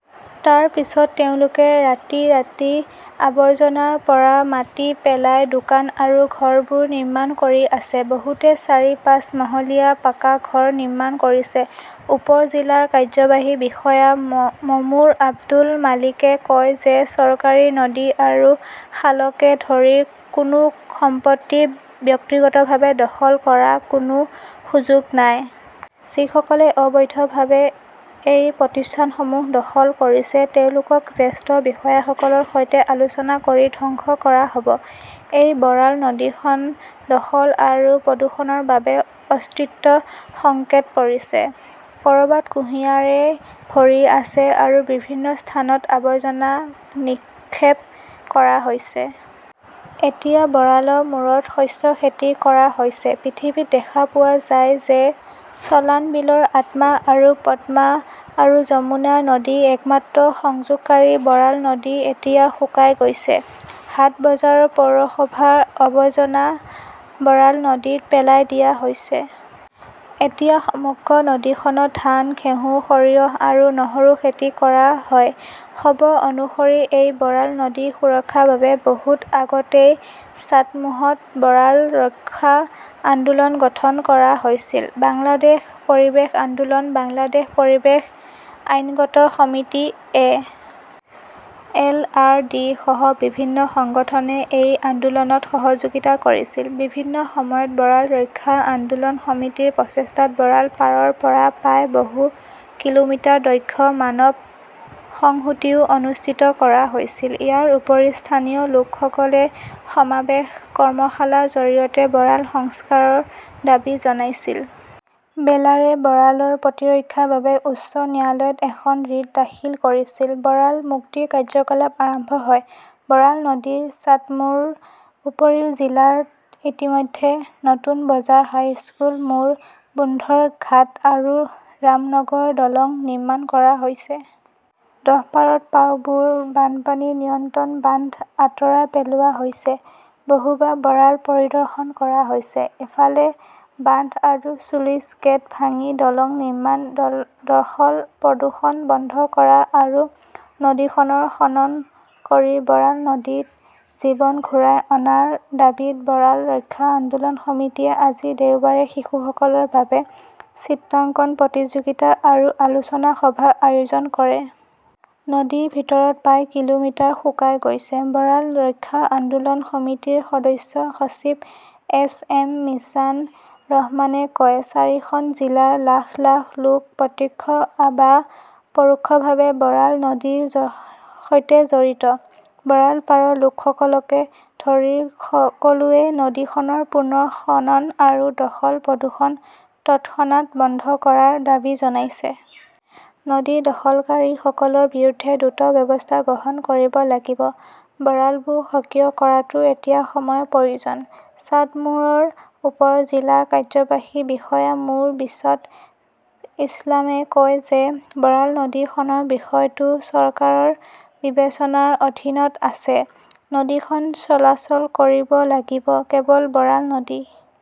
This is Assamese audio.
তাৰ পিছত তেওঁলোকে ৰাতিৰাতি আৱৰ্জনাৰ ওপৰত মাটি পেলাই দোকান আৰু ঘৰবোৰ নিৰ্মাণ কৰি আছে। বহুতে চাৰি-পাঁচ মহলীয়া পাকা ঘৰ নিৰ্মাণ কৰিছে। উপ-জিলা কাৰ্যবাহী বিষয়া মো. আব্দুল মালেকে কয় যে চৰকাৰী নদী আৰু খালকে ধৰি কোনো সম্পত্তি ব্যক্তিগতভাৱে দখল কৰাৰ কোনো সুযোগ নাই। যিসকলে অবৈধভাৱে এই প্ৰতিষ্ঠানসমূহ দখল কৰিছে তেওঁলোকক জ্যেষ্ঠ বিষয়াসকলৰ সৈতে আলোচনা কৰি ধ্বংস কৰা হ'ব। এই বৰাল নদীখন দখল আৰু প্ৰদূষণৰ বাবে অস্তিত্বৰ সংকটত পৰিছে। ক'ৰবাত কুঁহিয়াৰেৰে ভৰি আছে আৰু বিভিন্ন স্থানত আৱৰ্জনা নিক্ষেপ কৰা হৈছে। এতিয়া বৰালৰ মূৰত শস্য খেতি কৰা হৈছে। পৃথিৱীত দেখা পোৱা যায় যে চলানবিলৰ আত্মা আৰু পদ্মা আৰু যমুনা নদীৰ একমাত্ৰ সংযোগকাৰী বৰাল নদী এতিয়া শুকাই গৈছে। হাট-বজাৰৰ, পৌৰসভাৰ আৱৰ্জনা বৰাল নদীত পেলাই দিয়া হৈছে। এতিয়া সমগ্ৰ নদীখনত ধান, ঘেঁহু, সৰিয়হ আৰু নহৰু খেতি কৰা হয়। খবৰ অনুসৰি এই বৰাল নদীৰ সুৰক্ষাৰ বাবে বহুত আগতেই চাটমোহত বৰাল ৰক্ষা আন্দোলন গঠন কৰা হৈছিল। বাংলাদেশ পৰিৱেশ আন্দোলন, বাংলাদেশ পৰিৱেশ আইনজ্ঞ সমিতি, এ. এল. আৰ. ডি. সহ বিভিন্ন সংগঠনে এই আন্দোলনত সহযোগিতা কৰিছিল। বিভিন্ন সময়ত বৰাল ৰক্ষা আন্দোলন সমিতিৰ প্ৰচেষ্টাত বৰাল পাৰৰ পৰা প্ৰায় বহু কিলোমিটাৰ দৈৰ্ঘ্যৰ মানৱ সংহতিও অনুষ্ঠিত কৰা হৈছিল। ইয়াৰ উপৰিও, স্থানীয় লোকসকলে সমাৱেশ, কৰ্মশালাৰ জৰিয়তে বৰালৰ সংস্কাৰৰ দাবী জনাইছিল। বেলাৱে বৰালৰ প্ৰতিৰক্ষাৰ বাবে উচ্চ ন্যায়ালয়ত এখন ৰিট দাখিল কৰিছিল। বৰাল মুক্ত কাৰ্যকলাপ আৰম্ভ হয়। বৰাল নদীৰ চাটমোহৰ উপ জিলাত ইতিমধ্যে নতুন বজাৰ হাইস্কুল মোৰ বোন্থৰ ঘাট আৰু ৰামনগৰ দলং নিৰ্মাণ কৰা হৈছে। দহপাৰাত পাউবোৰ বানপানী নিয়ন্ত্ৰণ বান্ধ আঁতৰাই পেলোৱা হৈছে। বহুবাৰ বাৰাল পৰিদৰ্শন কৰা হৈছে। ইফালে, বান্ধ আৰু শ্লুইচ গেট ভাঙি দলং নিৰ্মাণ, দখল-প্ৰদূষণ বন্ধ কৰা আৰু নদীখনৰ খনন কৰি বৰাল নদীত জীৱন ঘূৰাই অনাৰ দাবীত বৰাল ৰক্ষা আন্দোলন সমিতিয়ে আজি দেওবাৰে শিশুসকলৰ বাবে চিত্ৰাংকন প্ৰতিযোগিতা আৰু আলোচনা সভাৰ আয়োজন কৰে। নদীৰ ভিতৰত প্ৰায় কিলোমিটাৰ শুকাই গৈছে, বৰাল ৰক্ষা আন্দোলন সমিতিৰ সদস্য সচিব এছ এম মিজান ৰহমানে কয়। চাৰিখন জিলাৰ লাখ লাখ লোক প্ৰত্যক্ষ বা পৰোক্ষভাৱে বৰাল নদীৰ সৈতে জড়িত। বৰাল পাৰৰ লোকসকলকে ধৰি সকলোৱে নদীখনৰ পুনৰ খনন আৰু দখল-প্ৰদূষণ তৎক্ষণাত বন্ধ কৰাৰ দাবী জনাইছে। নদী দখলকাৰীসকলৰ বিৰুদ্ধে দ্ৰুত ব্যৱস্থা গ্ৰহণ কৰিব লাগিব। বৰালবোৰ সক্ৰিয় কৰাটো এতিয়া সময়ৰ প্ৰয়োজন। চাটমোহৰ উপ-জিলা কাৰ্যবাহী বিষয়া মো. বিচট ইছলামই কয় যে বৰাল নদী খননৰ বিষয়টো চৰকাৰৰ বিবেচনাৰ অধীনত আছে। নদীখন চলাচল কৰিব লাগিব। কেৱল বৰাল নদী